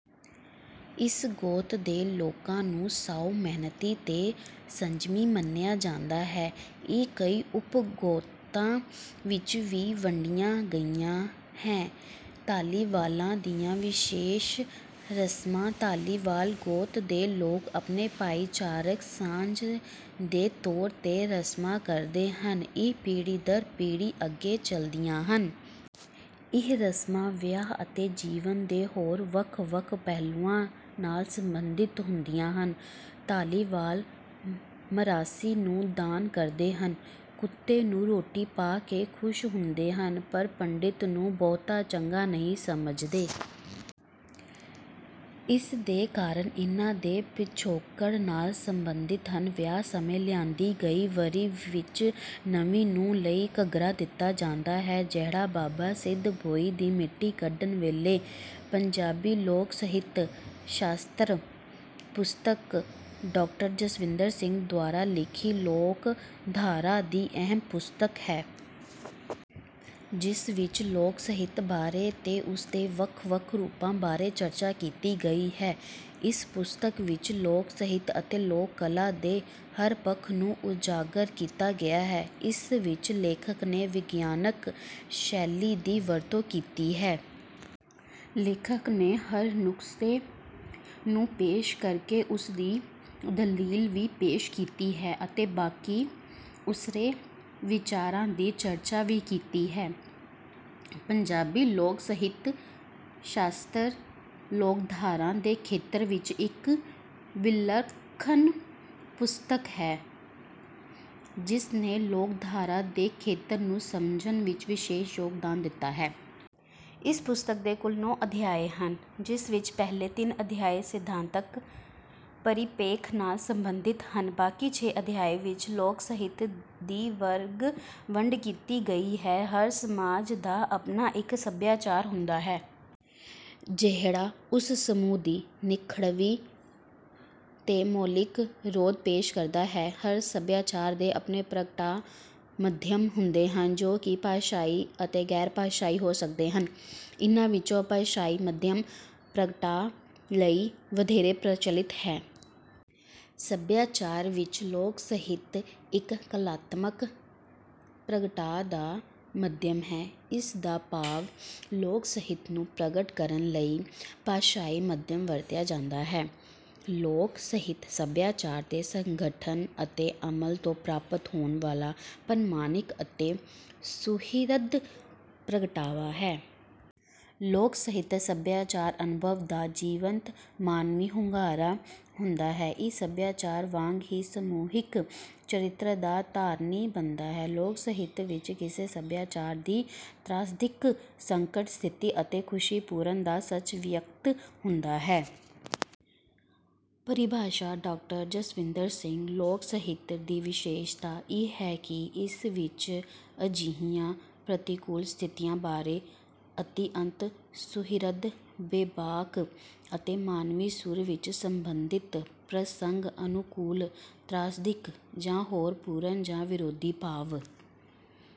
ਇਸ ਗੋਤ ਦੇ ਲੋਕਾਂ ਨੂੰ ਸਾਊ ਮਿਹਨਤੀ ਤੇ ਸੰਜਮੀ ਮੰਨਿਆ ਜਾਂਦਾ ਹੈ। ਇਹ ਕਈ ਉਪ ਗੋਤਾਂ ਵਿੱਚ ਵੀ ਵੰਡੀਆ ਗਈਆ ਹੈ। ਧਾਲੀਵਾਲਾਂ ਦੀਆਂ ਵਿਸ਼ੇਸ਼ ਰਸਮਾਂ ਧਾਲੀਵਾਲ ਗੋਤ ਦੇ ਲੋਕ ਆਪਣੇ ਭਾਈਚਾਰਕ ਸਾਂਝ ਦੇ ਤੌਰ ਤੇ ਰਸਮਾਂ ਕਰਦੇ ਹਨ ਇਹ ਪੀੜ੍ਹੀ ਦਰ ਪੀੜ੍ਹੀ ਅੱਗੇ ਚਲਦੀਆਂ ਹਨ। ਇਹ ਰਸਮਾਂ ਵਿਆਹ ਅਤੇ ਜੀਵਨ ਦੇ ਹੋਰ ਵੱਖ ਵੱਖ ਪਹਿਲੂਆਂ ਨਾਲ ਸੰਬੰਧਿਤ ਹੁੰਦੀਆਂ ਹਨ। ਧਾਲੀਵਾਲ ਮਰਾਸੀ ਨੂੰ ਦਾਨ ਕਰਦੇ ਹਨ। ਕੁੱਤੇ ਨੂੰ ਰੋਟੀ ਪਾ ਕੇ ਖੁਸ਼ ਹੁੰਦੇ ਹਨ ਪਰ ਪੰਡਤ ਨੂੰ ਬਹੁਤਾ ਚੰਗਾ ਨਹੀਂ ਸਮਝਦੇ। ਇਸ ਦੇ ਕਾਰਨ ਇਹਨਾਂ ਦੇ ਪਿਛੋਕੜ ਨਾਲ ਸੰਬੰਧਿਤ ਹਨ। ਵਿਆਹ ਸਮੇਂ ਲਿਆਂਦੀ ਗਈ ਵਰੀ ਵਿੱਚ ਨਵੀਂ ਨੂੰਹ ਲਈ ਘੱਗਰਾ ਦਿੱਤਾ ਜਾਂਦਾ ਹੈ ਜਿਹੜਾ ਬਾਬਾ ਸਿੱਧ ਭੋਇੰ ਦੀ ਮਿੱਟੀ ਕੱਢਣ ਵੇਲੇ। ਪੰਜਾਬੀ ਲੋਕ ਸਾਹਿਤ ਸ਼ਾਸਤਰ ਪੁਸਤਕ ਡਾਕਟਰ ਜਸਵਿੰਦਰ ਸਿੰਘ ਦੁਆਰਾ ਲਿਖੀ ਲੋਕਧਾਰਾ ਦੀ ਅਹਿਮ ਪੁਸਤਕ ਹੈ। ਜਿਸ ਵਿੱਚ ਲੋਕ ਸਾਹਿਤ ਬਾਰੇ ਤੇ ਉਸਦੇ ਵੱਖ ਵੱਖ ਰੂਪਾਂ ਬਾਰੇ ਚਰਚਾ ਕੀਤੀ ਗਈ ਹੈ। ਇਸ ਪੁਸਤਕ ਵਿੱਚ ਲੋਕ ਸਾਹਿਤ ਅਤੇ ਲੋਕ ਕਲਾ ਦੇ ਹਰ ਪੱਖ ਨੂੰ ਉਜਾਗਰ ਕੀਤਾ ਗਿਆ ਹੈ। ਇਸ ਵਿੱਚ ਲੇਖਕ ਨੇ ਵਿਗਿਆਨਕ ਸ਼ੈਲੀ ਦੀ ਵਰਤੋਂ ਕੀਤੀ ਹੈ। ਲੇਖਕ ਨੇ ਹਰ ਨੁਕਤੇ ਨੂੰ ਪੇਸ਼ ਕਰਕੇ ਉਸਦੀ ਦਲੀਲ ਵੀ ਪੇਸ਼ ਕੀਤੀ ਹੈ ਅਤੇ ਬਾਕੀ ਉਸਰੇ ਵਿਚਾਰਾਂ ਦੀ ਚਰਚਾ ਵੀ ਕੀਤੀ ਹੈ। ਪੰਜਾਬੀ ਲੋਕ ਸਾਹਿਤ ਸ਼ਾਸਤਰ ਲੋਕਧਾਰਾ ਦੇ ਖੇਤਰ ਵਿੱਚ ਇੱਕ ਵਿਲੱਖਣ ਪੁਸਤਕ ਹੈ ਜਿਸਨੇ ਲੋਕਧਾਰਾ ਦੇ ਖੇਤਰ ਨੂੰ ਸਮਝਣ ਵਿੱਚ ਵਿਸ਼ੇਸ਼ ਯੋਗਦਾਨ ਦਿੱਤਾ। ਇਸ ਪੁਸਤਕ ਦੇ ਕੁੱਲ ਨੌਂ ਅਧਿਆਏ ਹਨ। ਜਿਸ ਵਿੱਚ ਪਹਿਲੇ ਤਿੰਨ ਅਧਿਆਏ ਸਿਧਾਂਤਕ ਪਰਿਪੇਖ ਨਾਲ ਸੰਬੰਧਿਤ ਹਨ ਬਾਕੀ ਛੇ ਅਧਿਆਏ ਵਿੱਚ ਲੋਕ ਸਾਹਿਤ ਦੀ ਵਰਗ ਵੰਡ ਕੀਤੀ ਗਈ ਹੈ। ਹਰ ਸਮਾਜ ਦਾ ਆਪਣਾ ਇੱਕ ਸਭਿਆਚਾਰ ਹੁੰਦਾ ਹੈ। ਜਿਹੜਾ ਉਸ ਸਮੂਹ ਦੀ ਨਿਖੜਵੀ ਤੇ ਮੌਲਿਕ ਹੋਂਦ ਪੇਸ਼ ਕਰਦਾ ਹੈ। ਹਰ ਸਭਿਆਚਾਰ ਦੇ ਆਪਣੇ ਪ੍ਰਗਟਾ ਮਾਧਿਅਮ ਹੁੰਦੇ ਹਨ। ਜੋ ਕਿ ਭਾਸ਼ਾਈ ਅਤੇ ਗੈਰ ਭਾਸ਼ਾਈ ਹੋ ਸਕਦੇ ਹਨ। ਇਹਨਾਂ ਵਿਚੋਂ ਭਾਸ਼ਾਈ ਮਾਧਿਅਮ ਪ੍ਰਗਟਾਅ ਲਈ ਵਧੇਰੇ ਪ੍ਰਚਲਿਤ ਹੈ। ਸਭਿਆਚਾਰ ਵਿੱਚ ਲੋਕ ਸਾਹਿਤ ਇੱਕ ਕਲਾਤਮਕ ਪ੍ਰਗਟਾਅ ਦਾ ਮਾਧਿਅਮ ਹੈ। ਇਸ ਦਾ ਭਾਵ ਲੋਕ ਸਾਹਿਤ ਨੂੰ ਪ੍ਰਗਟ ਕਰਨ ਲਈ ਭਾਸ਼ਾਈ ਮਾਧਿਅਮ ਵਰਤਿਆ ਜਾਂਦਾ ਹੈ। ਲੋਕ ਸਾਹਿਤ ਸਭਿਆਚਾਰ ਦੇ ਸੰਗਠਨ ਅਤੇ ਅਮਲ ਤੋਂ ਪ੍ਰਾਪਤ ਹੋਣ ਵਾਲਾ ਪ੍ਰਮਾਣਿਕ ਅਤੇ ਸੁਹਿਰਦ ਪ੍ਰਗਟਾਵਾ ਹੈ। ਲੋਕ ਸਾਹਿਤ ਸਭਿਆਚਾਰਕ ਅਨੁਭਵ ਦਾ ਜੀਵੰਤ ਮਾਨਵੀ ਹੁੰਗਾਰਾ ਹੁੰਦਾ ਹੈ ਇਹ ਸਭਿਆਚਾਰ ਵਾਂਗ ਹੀ ਸਮੂਹਿਕ ਚਰਿਤਰ ਦਾ ਧਾਰਨੀ ਬਣਦਾ ਹੈ। ਲੋਕ ਸਾਹਿਤ ਵਿੱਚ ਕਿਸੇ ਸਭਿਆਚਾਰ ਦੀ ਤ੍ਰਾਸਦਿਕ ਸੰਕਟ ਸਥਿਤੀ ਅਤੇ ਖੁਸ਼ੀਪੂਰਨ ਦਾ ਸੱਚ ਵਿਅਕਤ ਹੁੰਦਾ ਹੈ। ਪਰਿਭਾਸ਼ਾ ਡਾਕਟਰ ਜਸਵਿੰਦਰ ਸਿੰਘ ਲੋਕ ਸਾਹਿਤ ਦੀ ਵਿਸ਼ੇਸ਼ਤਾ ਇਹ ਹੈ ਕਿ ਇਸ ਵਿੱਚ ਅਜਿਹੀਆਂ ਪ੍ਰਤਿਕੂਲ ਸਥਿਤੀਆਂ ਬਾਰੇ ਅਤਿਅੰਤ ਸੁਹਿਰਦ ਬੇਬਾਕ ਅਤੇ ਮਾਨਵੀ ਸੁਰ ਵਿੱਚ ਸੰਬੰਧਿਤ ਪ੍ਰਸੰਗ ਅਨੁਕੂਲ ਤ੍ਰਾਸਦਿਕ ਜਾਂ ਰੋਹ ਪੂਰਨ ਜਾਂ ਵਿਦ੍ਰੋਹੀ ਭਾਵ